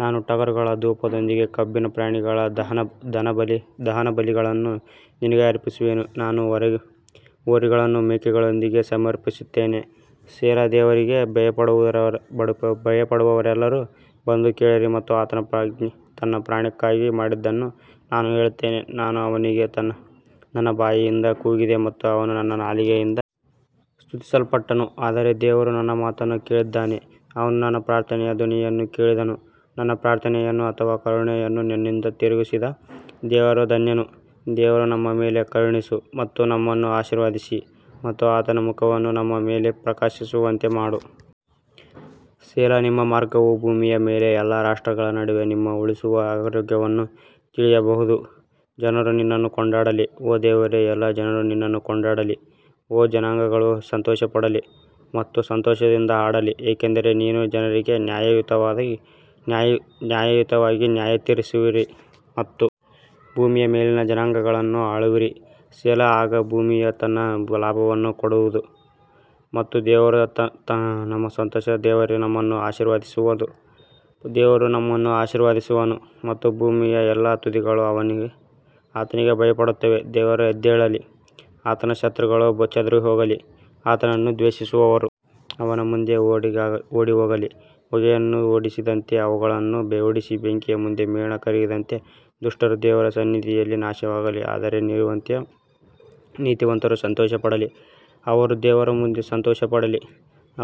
ನಾನು ಟಗರುಗಳ ಧೂಪದೊಂದಿಗೆ ಕೊಬ್ಬಿದ ಪ್ರಾಣಿಗಳ ದಹನಬಲಿಗಳನ್ನು ನಿನಗೆ ಅರ್ಪಿಸುವೆನು, ನಾನು ಹೋರಿಗಳನ್ನು ಮೇಕೆಗಳೊಂದಿಗೆ ಸಮರ್ಪಿಸುತ್ತೇನೆ ಸೆಲಾ ದೇವರಿಗೆ ಭಯಪಡುವವರೆಲ್ಲರೂ ಬಂದು ಕೇಳಿರಿ ಮತ್ತು ಆತನು ನನ್ನ ಪ್ರಾಣಕ್ಕಾಗಿ ಮಾಡಿದ್ದನ್ನು ನಾನು ಹೇಳುತ್ತೇನೆ ನಾನು ಅವನಿಗೆ ನನ್ನ ಬಾಯಿಯಿಂದ ಕೂಗಿದೆ ಮತ್ತು ಅವನು ನನ್ನ ನಾಲಿಗೆಯಿಂದ ಸ್ತುತಿಸಲ್ಪಟ್ಟನು ಆದರೆ ದೇವರು ನನ್ನ ಮಾತನ್ನು ಕೇಳಿದ್ದಾನೆ, ಅವನು ನನ್ನ ಪ್ರಾರ್ಥನೆಯ ಧ್ವನಿಯನ್ನು ಕೇಳಿದನು ನನ್ನ ಪ್ರಾರ್ಥನೆಯನ್ನು ಅಥವಾ ಕರುಣೆಯನ್ನು ನನ್ನಿಂದ ತಿರುಗಿಸದ ದೇವರು ಧನ್ಯನು ದೇವರು ನಮ್ಮ ಮೇಲೆ ಕರುಣಿಸು ಮತ್ತು ನಮ್ಮನ್ನು ಆಶೀರ್ವದಿಸಿ ಮತ್ತು ಆತನ ಮುಖವನ್ನು ನಮ್ಮ ಮೇಲೆ ಪ್ರಕಾಶಿಸುವಂತೆ ಮಾಡು ಸೆಲಾ ನಿಮ್ಮ ಮಾರ್ಗವು ಭೂಮಿಯ ಮೇಲೆ ಎಲ್ಲಾ ರಾಷ್ಟ್ರಗಳ ನಡುವೆ ನಿಮ್ಮ ಉಳಿಸುವ ಆರೋಗ್ಯವನ್ನು ತಿಳಿಯಬಹುದು ಜನರು ನಿನ್ನನ್ನು ಕೊಂಡಾಡಲಿ ಓ ದೇವರೇ ಎಲ್ಲಾ ಜನರು ನಿನ್ನನ್ನು ಕೊಂಡಾಡಲಿ ಓ ಜನಾಂಗಗಳು ಸಂತೋಷಪಡಲಿ ಮತ್ತು ಸಂತೋಷದಿಂದ ಹಾಡಲಿ, ಏಕೆಂದರೆ ನೀನು ಜನರಿಗೆ ನ್ಯಾಯಯುತವಾಗಿ ನ್ಯಾಯತೀರಿಸುವಿರಿ ಮತ್ತು ಭೂಮಿಯ ಮೇಲಿನ ಜನಾಂಗಗಳನ್ನು ಆಳುವಿರಿ ಸೆಲಾ ಆಗ ಭೂಮಿಯು ತನ್ನ ಲಾಭವನ್ನು ಕೊಡುವದು ಮತ್ತು ದೇವರು ನಮ್ಮ ಸ್ವಂತ ದೇವರೇ ನಮ್ಮನ್ನು ಆಶೀರ್ವದಿಸುವನು ದೇವರು ನಮ್ಮನ್ನು ಆಶೀರ್ವದಿಸುವನು ಮತ್ತು ಭೂಮಿಯ ಎಲ್ಲಾ ತುದಿಗಳು ಆತನಿಗೆ ಭಯಪಡುತ್ತವೆ ದೇವರು ಎದ್ದೇಳಲಿ, ಆತನ ಶತ್ರುಗಳು ಚದುರಿಹೋಗಲಿ, ಆತನನ್ನು ದ್ವೇಷಿಸುವವರು ಅವನ ಮುಂದೆ ಓಡಿಹೋಗಲಿ ಹೊಗೆಯನ್ನು ಓಡಿಸಿದಂತೆ ಅವುಗಳನ್ನು ಓಡಿಸಿ ಬೆಂಕಿಯ ಮುಂದೆ ಮೇಣ ಕರಗಿದಂತೆ ದುಷ್ಟರು ದೇವರ ಸನ್ನಿಧಿಯಲ್ಲಿ ನಾಶವಾಗಲಿ ಆದರೆ ನೀತಿವಂತರು ಸಂತೋಷಪಡಲಿ ಅವರು ದೇವರ ಮುಂದೆ ಸಂತೋಷಪಡಲಿ,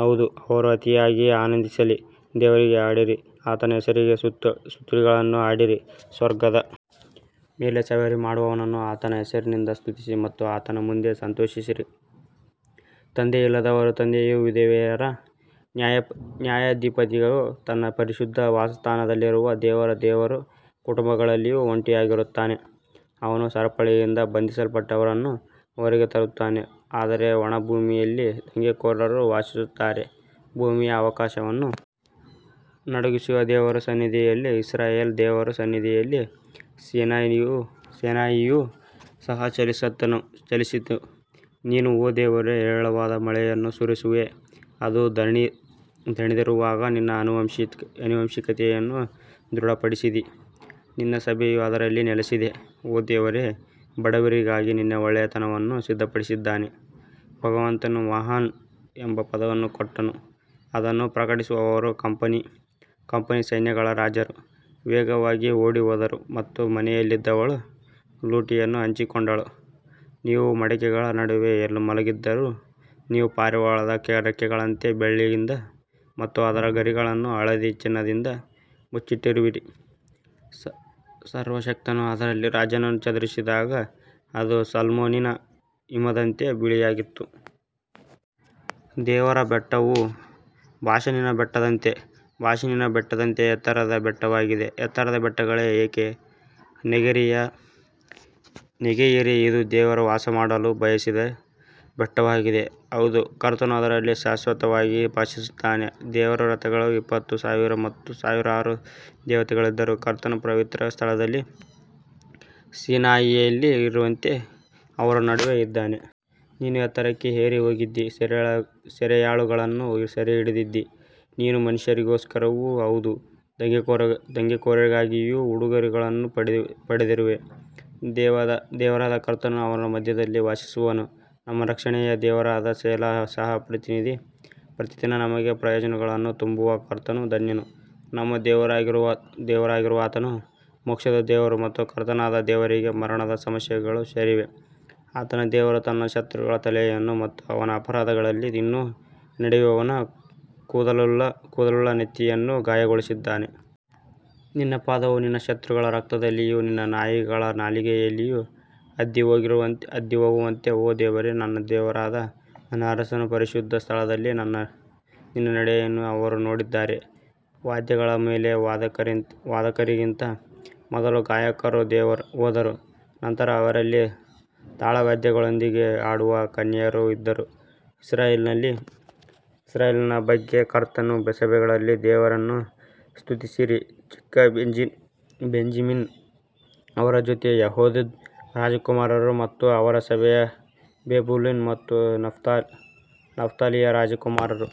ಹೌದು ಅವರು ಅತಿಯಾಗಿ ಆನಂದಿಸಲಿ ದೇವರಿಗೆ ಹಾಡಿರಿ, ಆತನ ಹೆಸರಿಗೆ ಸ್ತುತಿಗಳನ್ನು ಹಾಡಿರಿ, ಸ್ವರ್ಗದ ಮೇಲೆ ಸವಾರಿ ಮಾಡುವವನನ್ನು ಆತನ ಹೆಸರಿನಿಂದ ಸ್ತುತಿಸಿ ಮತ್ತು ಆತನ ಮುಂದೆ ಸಂತೋಷಿಸಿರಿ ತಂದೆಯಿಲ್ಲದವರ ತಂದೆಯೂ ವಿಧವೆಯರ ನ್ಯಾಯಾಧಿಪತಿಯೂ ತನ್ನ ಪರಿಶುದ್ಧ ವಾಸಸ್ಥಾನದಲ್ಲಿರುವ ದೇವರು ದೇವರು ಕುಟುಂಬಗಳಲ್ಲಿ ಒಂಟಿಯಾಗಿರುತ್ತಾನೆ, ಅವನು ಸರಪಳಿಯಿಂದ ಬಂಧಿಸಲ್ಪಟ್ಟವರನ್ನು ಹೊರಗೆ ತರುತ್ತಾನೆ ಆದರೆ ಒಣ ಭೂಮಿಯಲ್ಲಿ ದಂಗೆಕೋರರು ವಾಸಿಸುತ್ತಾರೆ ಭೂಮಿಯು ಆಕಾಶವನ್ನು ನಡುಗಿಸಿತು ದೇವರ ಸನ್ನಿಧಿಯಲ್ಲಿ ಇಸ್ರಾಯೇಲ್ ದೇವರ ಸನ್ನಿಧಿಯಲ್ಲಿ ಸೀನಾಯಿಯು ಸಹ ಚಲಿಸಿತು ನೀನು ಓ ದೇವರೇ ಹೇರಳವಾದ ಮಳೆಯನ್ನು ಸುರಿಸಿರುವೆ, ಅದು ದಣಿದಿರುವಾಗ ನಿನ್ನ ಆನುವಂಶಿಕತೆಯನ್ನು ದೃಢಪಡಿಸಿದಿ ನಿನ್ನ ಸಭೆಯು ಅದರಲ್ಲಿ ನೆಲೆಸಿದೆ, ಓ ದೇವರೇ, ಬಡವರಿಗಾಗಿ ನಿನ್ನ ಒಳ್ಳೆಯತನವನ್ನು ಸಿದ್ಧಪಡಿಸಿದ್ದಾನೆ ಭಗವಂತನು ಮಹಾನ್ ಎಂಬ ಪದವನ್ನು ಕೊಟ್ಟನು ಅದನ್ನು ಪ್ರಕಟಿಸಿದವರ ಕಂಪನಿ ಸೈನ್ಯಗಳ ರಾಜರು ವೇಗವಾಗಿ ಓಡಿಹೋದರು ಮತ್ತು ಮನೆಯಲ್ಲಿದ್ದವಳು ಲೂಟಿಯನ್ನು ಹಂಚಿಕೊಂಡಳು ನೀವು ಮಡಕೆಗಳ ನಡುವೆ ಮಲಗಿದ್ದರೂ ನೀವು ಪಾರಿವಾಳದ ರೆಕ್ಕೆಗಳಂತೆ ಬೆಳ್ಳಿಯಿಂದ ಮತ್ತು ಅದರ ಗರಿಗಳನ್ನು ಹಳದಿ ಚಿನ್ನದಿಂದ ಮುಚ್ಚಿರುವಿರಿ ಸರ್ವಶಕ್ತನು ಅದರಲ್ಲಿ ರಾಜರನ್ನು ಚದುರಿಸಿದಾಗ ಅದು ಸಲ್ಮೋನಿನ ಹಿಮದಂತೆ ಬಿಳಿಯಾಗಿತ್ತು. ದೇವರ ಬೆಟ್ಟವು ಬಾಷಾನಿನ ಬೆಟ್ಟದಂತೆ ಬಾಷಾನಿನ ಬೆಟ್ಟದಂತೆ ಎತ್ತರದ ಬೆಟ್ಟವಾಗಿದೆ ಎತ್ತರದ ಬೆಟ್ಟಗಳೇ ಏಕೆ ನೆಗೆಯಿರಿ ಇದು ದೇವರು ವಾಸಮಾಡಲು ಬಯಸಿದ ಬೆಟ್ಟವಾಗಿದೆ ಹೌದು ಕರ್ತನು ಅದರಲ್ಲಿ ಶಾಶ್ವತವಾಗಿ ವಾಸಿಸುತ್ತಾನೆ ದೇವರ ರಥಗಳು ಇಪ್ಪತ್ತು ಸಾವಿರ ಮತ್ತು ಸಾವಿರಾರು ದೇವತೆಗಳಿದ್ದರೂ ಕರ್ತನು ಪವಿತ್ರ ಸ್ಥಳದಲ್ಲಿ ಸೀನಾಯಿಯಲ್ಲಿರುವಂತೆ ಅವರ ನಡುವೆ ಇದ್ದಾನೆ. ನೀನು ಎತ್ತರಕ್ಕೆ ಏರಿ ಹೋಗಿದ್ದೀ, ಸೆರೆಯಾಳುಗಳನ್ನು ಸೆರೆಹಿಡಿದಿದ್ದೀ, ನೀನು ಮನುಷ್ಯರಿಗೋಸ್ಕರವೂ ಹೌದು, ದಂಗೆಕೋರರಿಗಾಗಿಯೂ ಉಡುಗೊರೆಗಳನ್ನು ಪಡೆದಿರುವೆ, ದೇವರಾದ ಕರ್ತನು ಅವರ ಮಧ್ಯದಲ್ಲಿ ವಾಸಿಸುವನು ನಮ್ಮ ರಕ್ಷಣೆಯ ದೇವರಾದ ಸೆಲಾ ಸಹ ಪ್ರತಿದಿನ ನಮಗೆ ಪ್ರಯೋಜನಗಳನ್ನು ತುಂಬುವ ಕರ್ತನು ಧನ್ಯನು ನಮ್ಮ ದೇವರಾಗಿರುವಾತನು ಮೋಕ್ಷದ ದೇವರು ಮತ್ತು ಕರ್ತನಾದ ದೇವರಿಗೆ ಮರಣದ ಸಮಸ್ಯೆಗಳು ಸೇರಿವೆ ಆದರೆ ದೇವರು ತನ್ನ ಶತ್ರುಗಳ ತಲೆಯನ್ನು ಮತ್ತು ಅವನ ಅಪರಾಧಗಳಲ್ಲಿ ಇನ್ನೂ ನಡೆಯುವವನ ಕೂದಲುಳ್ಳ ನೆತ್ತಿಯನ್ನು ಗಾಯಗೊಳಿಸುತ್ತಾನೆ. ನಿನ್ನ ಪಾದವು ನಿನ್ನ ಶತ್ರುಗಳ ರಕ್ತದಲ್ಲಿಯೂ ನಿನ್ನ ನಾಯಿಗಳ ನಾಲಿಗೆಯಲ್ಲಿಯೂ ಅದ್ದಿಹೋಗುವಂತೆ ಓ ದೇವರೇ, ನನ್ನ ದೇವರಾದ ನನ್ನ ಅರಸನ ಪರಿಶುದ್ಧ ಸ್ಥಳದಲ್ಲಿ ನಿನ್ನ ನಡೆಯನ್ನು ಅವರು ನೋಡಿದ್ದಾರೆ ವಾದ್ಯಗಳ ಮೇಲೆ ವಾದಕರಿಗಿಂತ ಮೊದಲು ಗಾಯಕರು ಹೋದರು, ನಂತರ ಅವರಲ್ಲಿ ತಾಳವಾದ್ಯಗಳೊಂದಿಗೆ ಆಡುವ ಕನ್ಯೆಯರು ಇದ್ದರು ಇಸ್ರಾಯೇಲಿನ ಬುಗ್ಗೆಯಿಂದ ಕರ್ತನನ್ನೂ ಸಭೆಗಳಲ್ಲಿ ದೇವರನ್ನು ಸ್ತುತಿಸಿರಿ ಚಿಕ್ಕ ಬೆಂಜಮಿನ್ ಅವರ ಜೊತೆ ಯೆಹೂದದ ರಾಜಕುಮಾರರು ಮತ್ತು ಅವರ ಸಭೆಯು ಜೆಬುಲೂನ್ ಮತ್ತು ನಫ್ತಾಲಿಯ ರಾಜಕುಮಾರರು.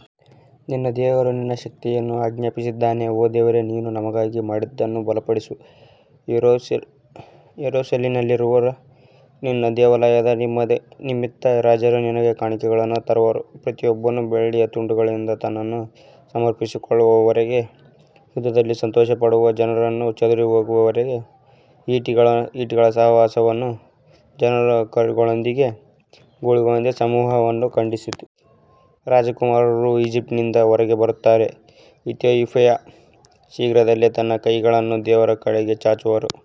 ನಿನ್ನ ದೇವರು ನಿನ್ನ ಶಕ್ತಿಯನ್ನು ಆಜ್ಞಾಪಿಸಿದ್ದಾನೆ ಓ ದೇವರೇ ನೀನು ನಮಗಾಗಿ ಮಾಡಿದ್ದನ್ನು ಬಲಪಡಿಸು ಯೆರೂಸಲೇಮಿನಲ್ಲಿರುವ ನಿನ್ನ ದೇವಾಲಯದ ನಿಮಿತ್ತ ರಾಜರು ನಿನಗೆ ಕಾಣಿಕೆಗಳನ್ನು ತರುವರು ಪ್ರತಿಯೊಬ್ಬನು ಬೆಳ್ಳಿಯ ತುಂಡುಗಳಿಂದ ತನ್ನನ್ನು ಸಮರ್ಪಿಸಿಕೊಳ್ಳುವವರೆಗೆ ಯುದ್ಧದಲ್ಲಿ ಸಂತೋಷಪಡುವ ಜನರನ್ನು ಚದುರಿಸುವವರೆಗೂ ಈಟಿಗಳ ಸಹವಾಸವನ್ನು ಜನರ ಕರುಗಳೊಂದಿಗೆ ಗೂಳಿಗಳ ಸಮೂಹವನ್ನು ಖಂಡಿಸು. ರಾಜಕುಮಾರರು ಈಜಿಪ್ಟ್ನಿಂದ ಹೊರಬರುತ್ತಾರೆ ಇಥಿಯೋಪಿಯಾ ಶೀಘ್ರದಲ್ಲೇ ತನ್ನ ಕೈಗಳನ್ನು ದೇವರ ಕಡೆಗೆ ಚಾಚುವರು.